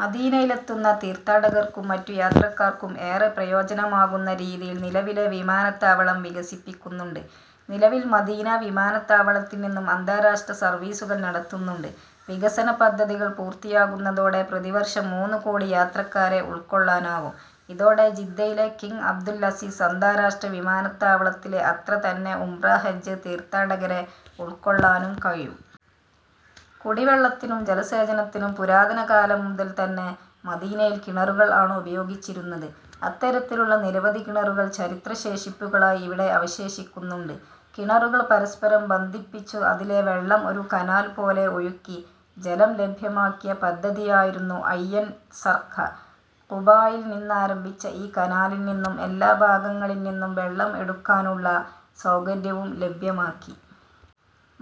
മദീനയിലെത്തുന്ന തീർഥാടകർക്കും മറ്റു യാത്രക്കാർക്കും ഏറെ പ്രയോജനമാകുന്ന രീതിയിൽ നിലവിലെ വിമാനത്താവളം വികസിപ്പിക്കുന്നുണ്ട്. നിലവിൽ മദീന വിമാനത്താവളത്തിൽ നിന്ന് അന്താരാഷ്ട്ര സർവീസുകൾ നടത്തുന്നുണ്ട്. വികസന പദ്ധതികൾ പൂർത്തിയാകുന്നതോടെ പ്രതിവർഷം മൂന്നുകോടി യാത്രക്കാരെ ഉൾക്കൊള്ളാനാകും. ഇതോടെ ജിദ്ദയിലെ കിങ് അബ്ദുൽ അസീസ് അന്താരാഷ്ട്ര വിമാനത്താവളത്തിലെ അത്ര തന്നെ ഉംറ, ഹജ്ജ് തീർത്ഥാടകരെ ഉൾക്കൊള്ളാനും കഴിയും. കുടിവെള്ളത്തിനും ജലസേചനത്തിനും പുരാതന കാലം മുതൽ തന്നെ മദീനയിൽ കിണറുകൾ ആണ് ഉപയോഗിച്ചിരുന്നത്. അത്തരത്തിലുള്ള നിരവധി കിണറുകൾ ചരിത്ര ശേഷിപ്പുകളായി ഇവിടെ അവശേഷിക്കുന്നുണ്ട്. കിണറുകൾ പരസ്പരം ബന്ധിപ്പിച്ചു അതിലെ വെള്ളം ഒരു കനാൽ പോലെ ഒഴുക്കി ജലം ലഭ്യമാക്കിയ പദ്ധതിയായിരുന്നു ഐൻ സർഖ. ഖുബായിൽ നിന്നാരംഭിച്ച ഈ കനാലിൽ എല്ലാ ഭാഗങ്ങളിൽ നിന്നും വെള്ളം എടുക്കാനുള്ള സൗകര്യവും ലഭ്യമാക്കി.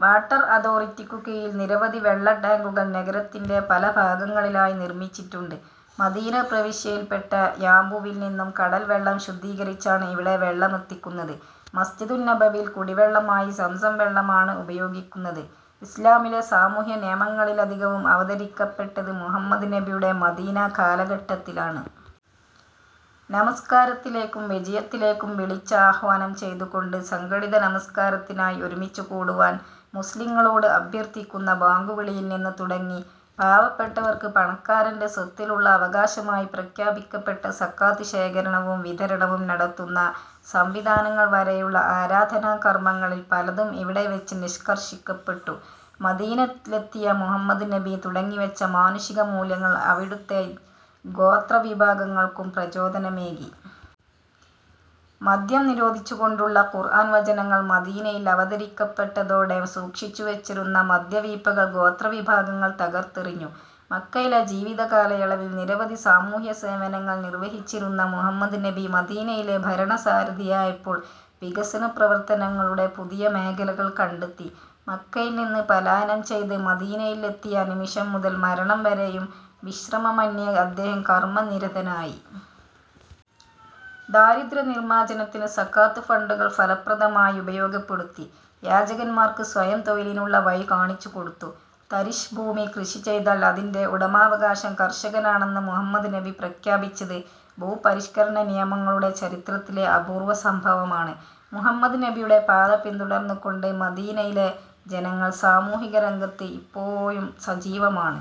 വാട്ടർ അതോറിറ്റിക്കു കീഴിൽ നിരവധി വെള്ള ടാങ്കുകൾ നഗരത്തിന്റെ പല ഭാഗങ്ങളിലായി നിർമിച്ചിട്ടുണ്ട്. മദീന പ്രവിശ്യയിൽ പെട്ട യാമ്പുവിൽ നിന്നും കടൽ വെള്ളം ശുദ്ധീകരിച്ചാണ് ഇവിടെ വെള്ളമെത്തിക്കുന്നത്. മസ്ജിദുന്നബവിയിൽ കുടിവെള്ളമായി സംസം വെള്ളമാണ് ഉപയോഗിക്കുന്നത്. ഇസ്ലാമിലെ സാമൂഹ്യ നിയമങ്ങളിലധികവും അവതരിക്കപ്പെട്ടത് മുഹമ്മദ് നബിയുടെ മദീനാ കാലഘട്ടത്തിലാണ്. നമസ്കാരത്തിലേക്കും വിജയത്തിലേക്കും വിളിച്ചാഹ്വാനം ചെയ്തുകൊണ്ട് സംഘടിത നമസ്കാരത്തിനായി ഒരുമിച്ച് കൂടുവാൻ മുസ്ലിംകളോട് അഭ്യർഥിക്കുന്ന ബാങ്കുവിളിയിൽ നിന്ന് തുടങ്ങി പാവപ്പെട്ടവർക്ക് പണക്കാരന്റെ സ്വത്തിലുള്ള അവകാശമായി പ്രഖ്യാപിക്കപ്പെട്ട സകാത്ത് ശേഖരണവും വിതരണവും നടത്തുന്ന സംവിധാനങ്ങൾ വരെയുള്ള ആരാധനാകർമങ്ങളിൽ പലതും ഇവിടെ വെച്ച് നിഷ്കർഷിക്കപ്പെട്ടു. മദീനയിലെത്തിയ മുഹമ്മദ് നബി തുടങ്ങിവെച്ച മാനുഷിക മൂല്യങ്ങൾ അവിടുത്തെ ഗോത്ര വിഭാഗങ്ങൾക്കും പ്രചോദനമേകി. മദ്യം നിരോധിച്ചുകൊണ്ടുള്ള ഖുർആൻ വചനങ്ങൾ മദീനയിൽ അവതരിക്കപ്പെട്ടതോടെ സൂക്ഷിച്ചു വെച്ചിരുന്ന മദ്യവീപ്പകൾ ഗോത്ര വിഭാഗങ്ങങ്ങൾ തകർത്തെറിഞ്ഞു. മക്കയിലെ ജീവിത കാലയളവിൽ നിരവധി സാമൂഹ്യ സേവനങ്ങൾ നിർവഹിച്ചിരുന്ന മുഹമ്മദ് നബി മദീനയിലെ ഭരണസാരഥിയായപ്പോൾ വികസന പ്രവർത്തനങ്ങളുടെ പുതിയ മേഖലകൾ കണ്ടെത്തി. മക്കയിൽ നിന്ന് പലായനം ചെയ്ത് മദീനയിൽ എത്തിയ നിമിഷം മുതൽ മരണം വരെയും വിശ്രമമന്യേ അദ്ദേഹം കർമ്മ നിരതനായി. ദാരിദ്ര്യ നിർമാർജ്ജനത്തിന് സക്കാത്ത് ഫണ്ടുകൾ ഫലപ്രദമായി ഉപയോഗപ്പെടുത്തി. യാചകന്മാർക്ക് സ്വയം തൊഴിലിനുള്ള വഴി കാണിച്ചുകൊടുത്തു. തരിശ് ഭൂമി കൃഷി ചെയ്താൽ അതിന്റെ ഉടമാവകാശം കർഷകനാണെന്ന് മുഹമ്മദ് നബി പ്രഖ്യാപിച്ചത് ഭൂപരിഷ്കരണ നിയമങ്ങളുടെ ചരിത്രത്തിലെ അപൂർവ സംഭവമാണ്. മുഹമ്മദ് നബിയുടെ പാത പിന്തുടർന്ന് കൊണ്ട് മദീനയിലെ ജനങ്ങൾ സാമൂഹിക രംഗത്ത് ഇപ്പോഴും സജീവമാണ്.